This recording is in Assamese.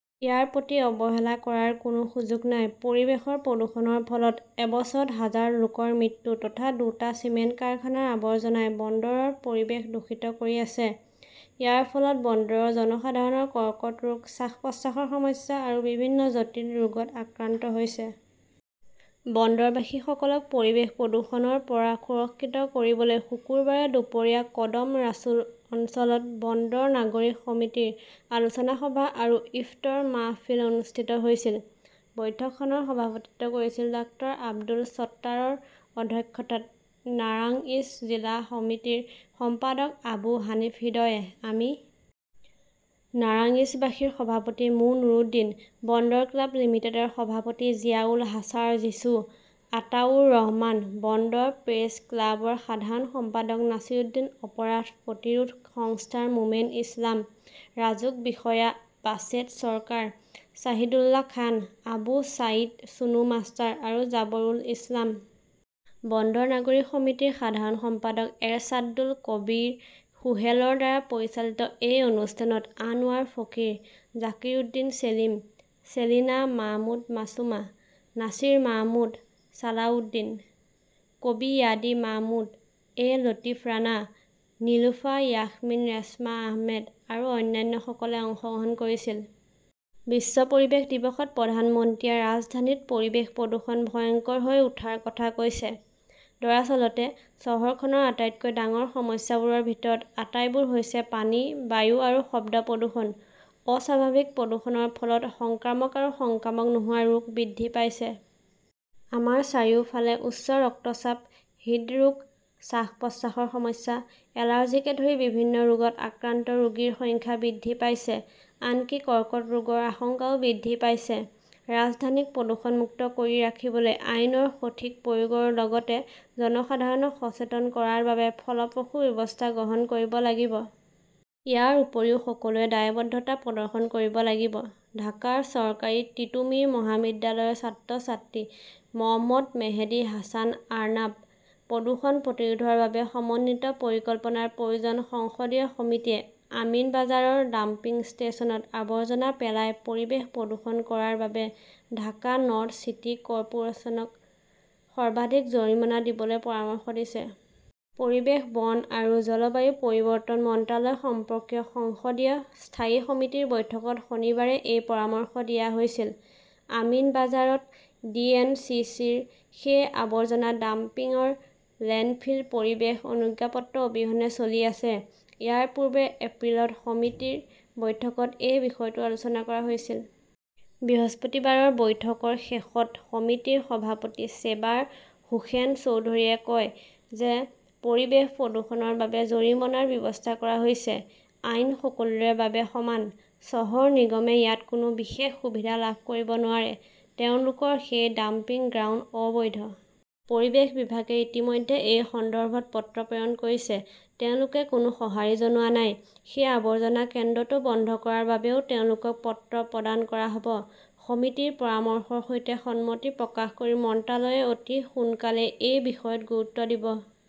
ইয়াৰ প্ৰতি অৱহেলা কৰাৰ কোনো সুযোগ নাই। পৰিৱেশৰ প্ৰদূষণৰ ফলত এবছৰত হাজাৰ লোকৰ মৃত্যু তথা দুটা চিমেণ্ট কাৰখানাৰ আৱৰ্জনাই বন্দৰৰ পৰিৱেশ দূষিত কৰি আছে। ইয়াৰ ফলত বন্দৰৰ জনসাধাৰণৰ কৰ্কট ৰোগ, শ্বাস-প্ৰশ্বাসৰ সমস্যা আৰু বিভিন্ন জটিল ৰোগত আক্ৰান্ত হৈছে। বন্দৰবাসীসকলক পৰিৱেশ প্ৰদূষণৰ পৰা সুৰক্ষিত কৰিবলৈ শুকুৰবাৰে দুপৰীয়া কদম ৰাছুল অঞ্চলত বন্দৰ নাগৰিক সমিতিৰ আলোচনা সভা আৰু ইফতৰ মাহফিল অনুষ্ঠিত হৈছিল। বৈঠকখনৰ সভাপতিত্ব কৰিছিল ডাঃ আব্দুল ছট্টাৰৰ অধ্যক্ষতাত নাৰাংইজ জিলা সমিতিৰ সম্পাদক আবু হানিফ হৃদয়ে। আমি নাৰাংইজবাসীৰ সভাপতি মো. নুৰুদ্দিন, বন্দৰ ক্লাব লিমিটেডৰ সভাপতি জিয়াউল হাছাৰ জিছু, আতাউৰ ৰহমান, বন্দৰ প্ৰেছ ক্লাবৰ সাধাৰণ সম্পাদক নাছিৰুদ্দিন অপৰাধ প্ৰতিৰোধ সংস্থাৰ মোমেন ইছলাম, ৰাজুক বিষয়া বাছেড চৰকাৰ, শ্বাহিদুল্লাহ খান, আবু ছাইদ চুনু মাষ্টাৰ আৰু জাবৰুল ইছলাম। বন্দৰ নাগৰিক সমিতিৰ সাধাৰণ সম্পাদক এৰশ্বাদুল কবীৰ সোহেলৰ দ্বাৰা পৰিচালিত এই অনুষ্ঠানত আনৱাৰ ফকীৰ, জাকিৰউদ্দিন ছেলিম, চেলিনা মাহমুদ মাছুমা, নাছিৰ মাহমুদ, চালাউদ্দিন, কবি য়াদি মাহমুদ, এ লতিফ ৰাণা, নিলুফা য়াসমিন ৰেশমা আহমেদ আৰু অন্যান্যসকলে অংশগ্ৰহণ কৰিছিল। বিশ্ব পৰিৱেশ দিৱসত প্ৰধানমন্ত্ৰীয়ে ৰাজধানীত পৰিৱেশ প্ৰদূষণ ভয়ংকৰ হৈ উঠাৰ কথা কৈছে। দৰাচলতে, চহৰখনৰ আটাইতকৈ ডাঙৰ সমস্যাবোৰৰ ভিতৰত আটাইবোৰ হৈছে পানী, বায়ু আৰু শব্দ প্ৰদূষণ। অস্বাভাৱিক প্ৰদূষণৰ ফলত সংক্ৰামক আৰু সংক্ৰামক নোহোৱা ৰোগ বৃদ্ধি পাইছে। আমাৰ চাৰিওফালে উচ্চ ৰক্তচাপ, হৃদৰোগ, শ্বাস-প্ৰশ্বাসৰ সমস্যা, এলাৰ্জিকে ধৰি বিভিন্ন ৰোগত আক্ৰান্ত ৰোগীৰ সংখ্যা বৃদ্ধি পাইছে; আনকি কৰ্কট ৰোগৰ আশংকাও বৃদ্ধি পাইছে। ৰাজধানীক প্ৰদূষণমুক্ত কৰি ৰাখিবলৈ আইনৰ সঠিক প্ৰয়োগৰ লগতে জনসাধাৰণক সচেতন কৰাৰ বাবে ফলপ্ৰসূ ব্যৱস্থা গ্ৰহণ কৰিব লাগিব। ইয়াৰ উপৰিও সকলোৱে দায়বদ্ধতা প্ৰদৰ্শন কৰিব লাগিব। ঢাকাৰ চৰকাৰী তিতুমীৰ মহাবিদ্যালয়ৰ ছাত্ৰ-ছাত্ৰী মহম্মদ মেহেদী হাছান আৰ্নাব। প্ৰদূষণ প্ৰতিৰোধৰ বাবে সমন্বিত পৰিকল্পনাৰ প্ৰয়োজন সংসদীয় সমিতিয়ে আমিনবাঝাৰৰ ডাম্পিং ষ্টেচনত আৱৰ্জনা পেলাই পৰিৱেশ প্ৰদূষণ কৰাৰ বাবে ঢাকা নৰ্থ চিটি কৰ্পোৰেচনক সৰ্বাধিক জৰিমনা দিবলৈ পৰামৰ্শ দিছে। পৰিৱেশ, বন আৰু জলবায়ু পৰিৱৰ্তন মন্ত্ৰালয় সম্পৰ্কীয় সংসদীয় স্থায়ী সমিতিৰ বৈঠকত শনিবাৰে এই পৰামৰ্শ দিয়া হৈছিল। আমিনবাঝাৰত ডি. এন. চি. চি. -ৰ সেই আৱৰ্জনা ডাম্পিংৰ লেণ্ডফিল পৰিৱেশ অনুজ্ঞাপত্ৰ অবিহনে চলি আছে। ইয়াৰ পূৰ্বে এপ্ৰিলত সমিতিৰ বৈঠকত এই বিষয়টো আলোচনা কৰা হৈছিল। বৃহস্পতিবাৰৰ বৈঠকৰ শেষত সমিতিৰ সভাপতি চেবাৰ হোসেন চৌধুৰীয়ে কয় যে পৰিৱেশ প্ৰদূষণৰ বাবে জৰিমনাৰ ব্যৱস্থা কৰা হৈছে। আইন সকলোৰে বাবে সমান। চহৰ নিগমে ইয়াত কোনো বিশেষ সুবিধা লাভ কৰিব নোৱাৰে। তেওঁলোকৰ সেই ডাম্পিং গ্ৰাউণ্ড অবৈধ। পৰিৱেশ বিভাগে ইতিমধ্যে এই সন্দৰ্ভত পত্ৰ প্ৰেৰণ কৰিছে, তেওঁলোকে কোনো সঁহাৰি জনোৱা নাই। সেই আৱৰ্জনা কেন্দ্ৰটো বন্ধ কৰাৰ বাবেও তেওঁলোকক পত্ৰ প্ৰদান কৰা হ'ব। সমিতিৰ পৰামৰ্শৰ সৈতে সন্মতি প্ৰকাশ কৰি মন্ত্ৰালয়ে অতি সোনকালেই এই বিষয়ত গুৰুত্ব দিব।